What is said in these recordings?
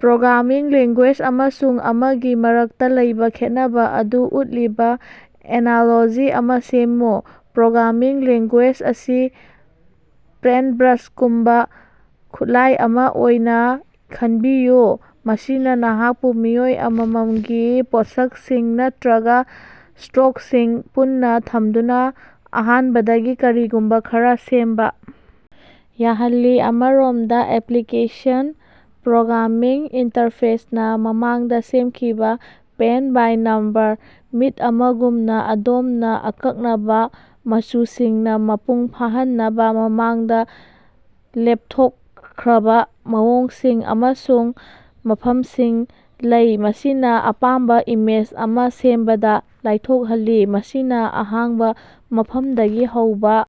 Programming language ꯑꯃꯁꯨꯡ ꯑꯃꯒꯤ ꯃꯔꯛꯇꯥ ꯂꯩꯕꯥ ꯈꯦꯠꯅꯕꯥ ꯑꯗꯨ ꯎꯠꯂꯤꯕꯥ ꯑꯦꯅꯥꯂꯣꯖꯤ ꯑꯃꯥ ꯁꯦꯝꯃꯨ꯫ ꯄ꯭ꯔꯣꯒ꯭ꯔꯥꯃꯤꯡ ꯂꯦꯡꯒꯨꯌꯦꯖ ꯑꯁꯤ ꯄꯦꯟꯠꯕ꯭ꯔꯥꯁꯒꯨꯝꯕꯥ ꯈꯨꯠꯂꯥꯏ ꯑꯃꯥ ꯑꯣꯏꯅꯥ ꯈꯟꯕꯤꯌꯨ ꯃꯁꯤꯅꯥ ꯅꯍꯥꯛꯄꯨ ꯃꯤꯑꯣꯏ ꯑꯃꯃꯝꯒꯤ ꯄꯣꯠꯁꯛꯁꯤꯡ ꯅꯠꯇ꯭ꯔꯒꯥ ꯁ꯭ꯇꯔꯣꯛꯁꯤꯡ ꯄꯨꯟꯅꯥ ꯊꯝꯗꯨꯅꯥ ꯑꯍꯥꯟꯕꯗꯒꯤ ꯀꯔꯤꯒꯨꯝꯕꯥ ꯈꯔꯥ ꯁꯦꯝꯕꯥ ꯌꯥꯍꯜꯂꯤ꯫ ꯑꯃꯔꯣꯝꯗꯥ ꯑꯦꯄꯤꯀ꯭ꯂꯦꯁꯟ ꯄ꯭ꯔꯣꯒ꯭ꯔꯥꯃꯤꯡ ꯏꯟꯇꯔꯐꯦꯁꯅꯥ ꯃꯃꯥꯡꯗꯥ ꯁꯦꯝꯈꯤꯕꯥ ꯄꯦꯟꯡ ꯕꯥꯏ ꯅꯝꯕꯔ ꯃꯤꯠ ꯑꯃꯒꯨꯝꯅꯥ ꯑꯗꯣꯝꯅꯥ ꯑꯀꯛꯅꯕꯥ ꯃꯆꯨꯁꯤꯡꯅꯥ ꯃꯄꯨꯡ ꯐꯥꯍꯟꯅꯕꯥ ꯃꯃꯥꯡꯗꯥ ꯂꯦꯞꯊꯣꯛꯈ꯭ꯔꯕꯥ ꯃꯑꯣꯡꯁꯤꯡ ꯑꯃꯁꯨꯡ ꯃꯐꯝꯁꯤꯡ ꯂꯩ ꯃꯁꯤꯅꯥ ꯑꯄꯥꯝꯕꯥ ꯏꯃꯦꯖ ꯑꯃꯥ ꯁꯦꯝꯕꯗꯥ ꯂꯥꯏꯊꯣꯛꯍꯜꯂꯤ ꯃꯁꯤꯅꯥ ꯑꯍꯥꯡꯕꯥ ꯃꯐꯝꯗꯒꯤ ꯍꯧꯕꯥ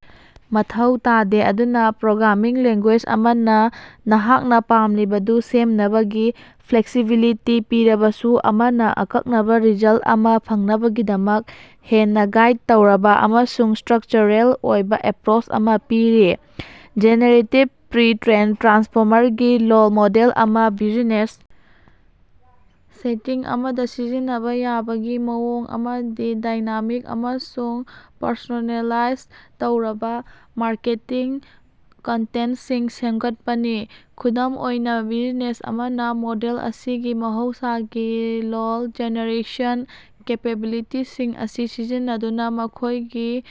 ꯃꯊꯧ ꯇꯥꯗꯦ꯫ ꯑꯗꯨꯅꯥ ꯄ꯭ꯔꯣꯒ꯭ꯔꯥꯃꯤꯡ ꯂꯦꯡꯒꯨꯌꯦꯖ ꯑꯃꯅꯥ ꯅꯍꯥꯛꯅꯥ ꯄꯥꯝꯂꯤꯕꯗꯨ ꯁꯦꯝꯅꯕꯒꯤ ꯐ꯭ꯂꯦꯛꯁꯤꯕꯤꯂꯤꯇꯤ ꯄꯤꯔꯕꯁꯨ ꯑꯃꯅꯥ ꯑꯀꯛꯅꯕꯥ ꯔꯤꯖꯜꯠ ꯑꯃꯥ ꯐꯪꯅꯕꯒꯤꯗꯃꯛ ꯍꯦꯟꯅꯥ ꯒꯥꯏꯗ ꯇꯧꯔꯕꯥ ꯑꯃꯁꯨꯡ ꯁ꯭ꯇꯔꯛꯆꯔꯦꯜ ꯑꯣꯏꯕꯥ ꯑꯦꯄ꯭ꯔꯣꯆ ꯑꯃꯥ ꯄꯤꯔꯤ꯫ ꯖꯦꯅꯦꯔꯦꯇꯤꯚ ꯄ꯭ꯔꯤ ꯇ꯭ꯔꯦꯟ ꯇ꯭ꯔꯥꯟꯁꯐꯣꯔꯃꯔꯒꯤ ꯂꯣꯜ ꯃꯣꯗꯦꯜ ꯑꯃꯥ ꯕꯤꯖꯤꯅꯦꯁ ꯁꯦꯇꯤꯡ ꯑꯃꯗꯥ ꯁꯤꯖꯤꯟꯅꯕꯥ ꯌꯥꯕꯒꯤ ꯃꯑꯣꯡ ꯑꯃꯗꯤ ꯗꯥꯏꯅꯥꯃꯤꯛ ꯑꯃꯁꯨꯡ ꯄꯔꯁꯣꯅꯦꯂꯥꯏꯖ ꯇꯧꯔꯕꯥ ꯃꯥꯔꯀꯦꯇꯤꯡ ꯀꯟꯇꯦꯟꯠꯁꯤꯡ ꯁꯦꯝꯒꯠꯄꯅꯤ꯫ ꯈꯨꯗꯝ ꯑꯣꯏꯅꯥ ꯕꯤꯖꯤꯅꯦꯁ ꯑꯃꯅꯥ ꯃꯣꯗꯦꯜ ꯑꯁꯤꯒꯤ ꯃꯍꯧꯁꯥꯒꯤ ꯂꯣꯜ ꯖꯦꯅꯦꯔꯦꯁꯟ ꯀꯦꯄꯦꯕꯤꯂꯤꯇꯤꯁꯤꯡ ꯑꯁꯤ ꯁꯤꯖꯤꯟꯅꯗꯨꯅꯥ ꯃꯈꯣꯏꯒꯤ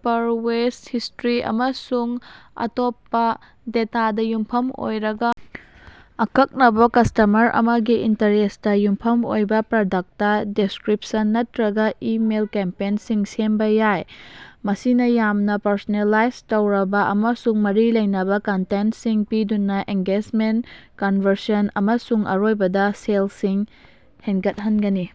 ꯄꯔꯋꯦꯖ ꯍꯤꯁ꯭ꯇꯔꯤ ꯑꯃꯁꯨꯡ ꯑꯇꯣꯞꯄꯥ ꯗꯦꯇꯥꯗꯥ ꯌꯨꯝꯐꯝ ꯑꯣꯏꯔꯒꯥ ꯑꯀꯛꯅꯕꯥ ꯀꯁꯇꯃꯔ ꯑꯃꯒꯤ ꯏꯟꯇꯔꯦꯁ꯭ꯠꯇꯥ ꯌꯨꯝꯐꯝ ꯑꯣꯏꯕꯥ ꯄ꯭ꯔꯗꯛꯇ ꯗꯤꯁꯀ꯭ꯔꯤꯞꯁꯟ ꯅꯠꯇ꯭ꯔꯒꯥ ꯏꯃꯦꯜ ꯀꯦꯝꯄꯦꯟꯁꯤꯡ ꯁꯦꯝꯕꯥ ꯌꯥꯏ꯫ ꯃꯁꯤꯅꯥ ꯌꯥꯝꯅꯥ ꯄꯔꯁꯣꯅꯦꯂꯥꯏꯖ ꯇꯧꯔꯕꯥ ꯑꯃꯁꯨꯡ ꯃꯔꯤ ꯂꯩꯅꯕꯥ ꯀꯟꯇꯦꯟꯠꯁꯤꯡ ꯄꯤꯗꯨꯅꯥ ꯑꯦꯡꯒꯦꯖꯃꯦꯟꯠ ꯀꯟꯕꯔꯁꯟ ꯑꯃꯁꯨꯡ ꯑꯔꯣꯏꯕꯗꯥ ꯁꯦꯜꯁꯤꯡ ꯍꯦꯟꯒꯠꯍꯟꯒꯅꯤ꯫